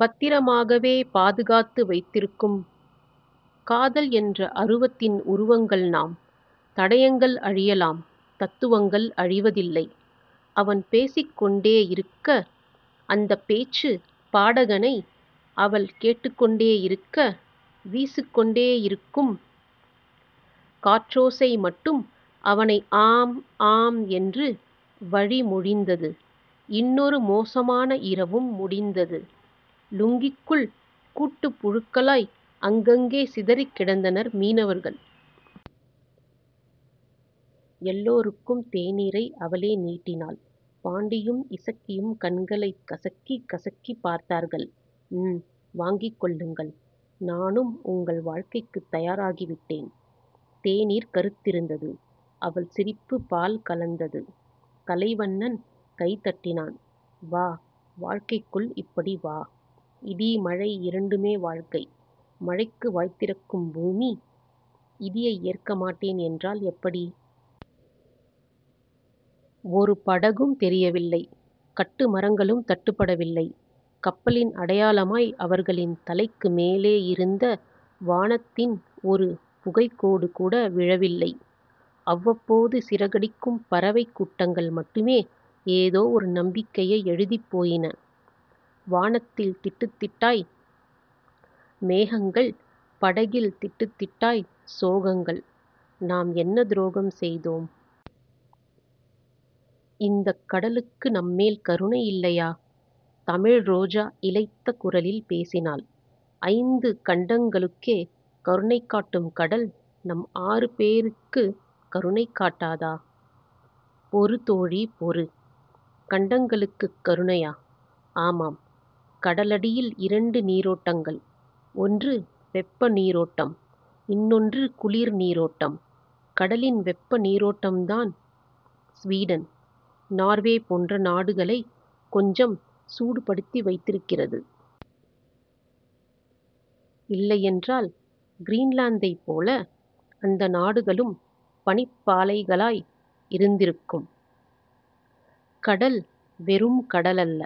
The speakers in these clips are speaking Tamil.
பத்திரமாகவே பாதுகாத்து வைத்திருக்கும். காதல் என்ற அருவத்தின் உருவங்கள் நாம். தடயங்கள் அழியலாம். தத்துவங்கள் அழிவதில்லை. அவன் பேசிக்கொண்டேயிருக்க அந்தப் பேச்சுப் பாடகனை அவள் கேட்டுக்கொண்டேயிருக்க வீசிக் கொண்டேயிருக்கும் காற்றோசை மட்டும் அவனை ஆம் ஆம் என்று வழிமொழிந்தது. இன்னொரு மோசமான இரவும் முடிந்தது. லுங்கிக்குள் கூட்டுப் புழுக்களாய் அங்கங்கே சிதறிக் கிடந்தனர் மீனவர்கள். எல்லோருக்கும் தேநீரை அவளே நீட்டினாள். பாண்டியும் இசக்கியும் கண்களைக் கசக்கிக் கசக்கிப் பார்த்தார்கள். ம்.. வாங்கிக் கொள்ளுங்கள். நானும் உங்கள் வாழ்க்கைக்குத் தயாராகிவிட்டேன். தேநீர் கறுத்திருந்தது. அவள் சிரிப்பு பால் கலந்தது. கலைவண்ணன் கைதட்டினான். வா. வாழ்க்கைக்குள் இப்படி வா. இடி-மழை இரண்டுமே வாழ்க்கை.. மழைக்கு வாய்திறக்கும் பூமி, இடியை ஏற்க மாட்டேன் என்றால் எப்படி? ஒரு படகும் தெரியவில்லை. கட்டுமரங்களும் தட்டுப்படவில்லை. கப்பலின் அடையாளமாய் அவர்களின் தலைக்கு மேலே இருந்த வானத்தில் ஒரு புகைக்கோடுகூட விழவில்லை. அவ்வப்போது சிறகடிக்கும் பறவைக் கூட்டங்கள் மட்டுமே ஏதோ ஒரு நம்பிக்கையை எழுதிப்போயின. வானத்தில் திட்டுத்திட்டாய் மேகங்கள் படகில் திட்டுத்திட்டாய் சோகங்கள். நாம் என்ன துரோகம் செய்தோம்? இந்தக் கடலுக்கு நம்மேல் கருணை இல்லையா? தமிழ்ரோஜா இளைத்த குரலில் பேசினாள். ஐந்து கண்டங்களுக்கே கருணைகாட்டும் கடல் நம் ஆறு பேருக்குக் கருணைகாட்டாதா? பொறு தோழி பொறு. கண்டங்களுக்குக் கருணையா? ஆமாம். கடலடியில் இரண்டு நீரோட்டங்கள். ஒன்று வெப்ப நீரோட்டம், இன்னொன்று குளிர்நீரோட்டம். கடலின் வெப்ப நீரோட்டம் தான் ஸவீடன், நார்வே போன்ற நாடுகளைக் கொஞ்சம் சூடுபடுத்தி வைத்திருக்கிறது. இல்லையென்றால். கிரீன்லாந்தைப் போல அந்த நாடுகளும் பனிப்பாலைகளாய் இருந்திருக்கும். கடல் வெறும் கடலல்ல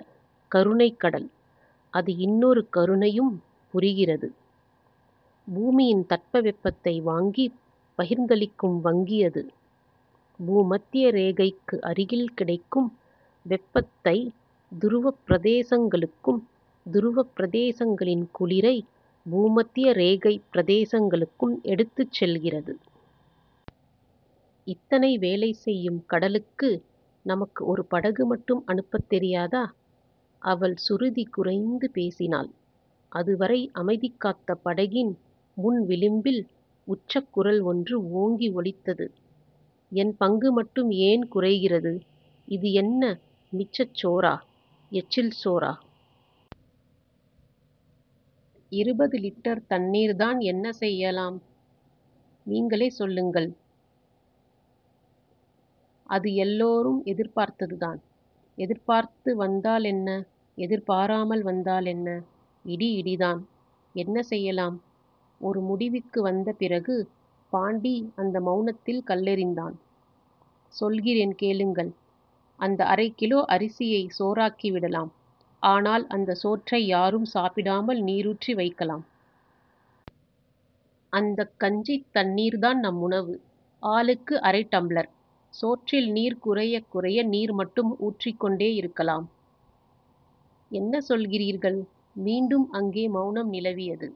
கருணைக்கடல் அது இன்னொரு கருணையும் புரிகிறது. பூமியின் தட்பவெப்பத்தை வாங்கிப் பகிர்ந்தளிக்கும் வங்கி அது. பூமத்திய ரேகைக்கு அருகில் கிடைக்கும் வெப்பத்தைத் துருவப் பிரதேசங்களுக்கும் துருவப் பிரதேசங்களின் குளிரை பூமத்திய ரேகைப் பிரதேசங்களுக்கும் எடுத்துச் செல்கிறது. இத்தனை வேலை செய்யும் கடலுக்கு நமக்கு ஒரு படகு மட்டும் அனுப்பத் தெரியாதா? அவள் சுருதி குறைந்து பேசினாள். அதுவரை அமைதிகாத்த படகின் முன்விளிம்பில், உச்சக்குரல் ஒன்று ஓங்கி ஒலித்தது. என் பங்கு மட்டும் ஏன் குறைகிறது? இது என்ன மிச்சச் சோறா? எச்சில் சோறா? இருபது லிட்டர் தண்ணீர்தான் என்ன செய்யலாம்? நீங்களே சொல்லுங்கள். அது எல்லோரும் எதிர்பார்த்ததுதான், எதிர்பார்த்து வந்தாலென்ன எதிர்பாராமல் வந்தாலென்ன இடி இடிதான். என்ன செய்யலாம்? ஒரு முடிவுக்கு வந்தபிறகு பாண்டி அந்த மெளனத்தில் கல்லெறிந்தான். சொல்கிறேன், கேளுங்கள். அந்த அரைகிலோ அரிசியைச் சோறாக்கிவிடலாம். ஆனால், அந்தச் சோற்றை யாரும் சாப்பிடாமல் நீருற்றி வைக்கலாம். அந்தக் கஞ்சித் தண்ணீர்தான் நம் உணவு, ஆளுக்கு அரை டம்ளர். சோற்றில் நீர் குறையக் குறைய நீர் மட்டும் ஊற்றிக் கொண்டேயிருக்காலாம். என்ன சொல்கிறீர்கள்? மீண்டும் அங்கே மெளனம் நிலவியது.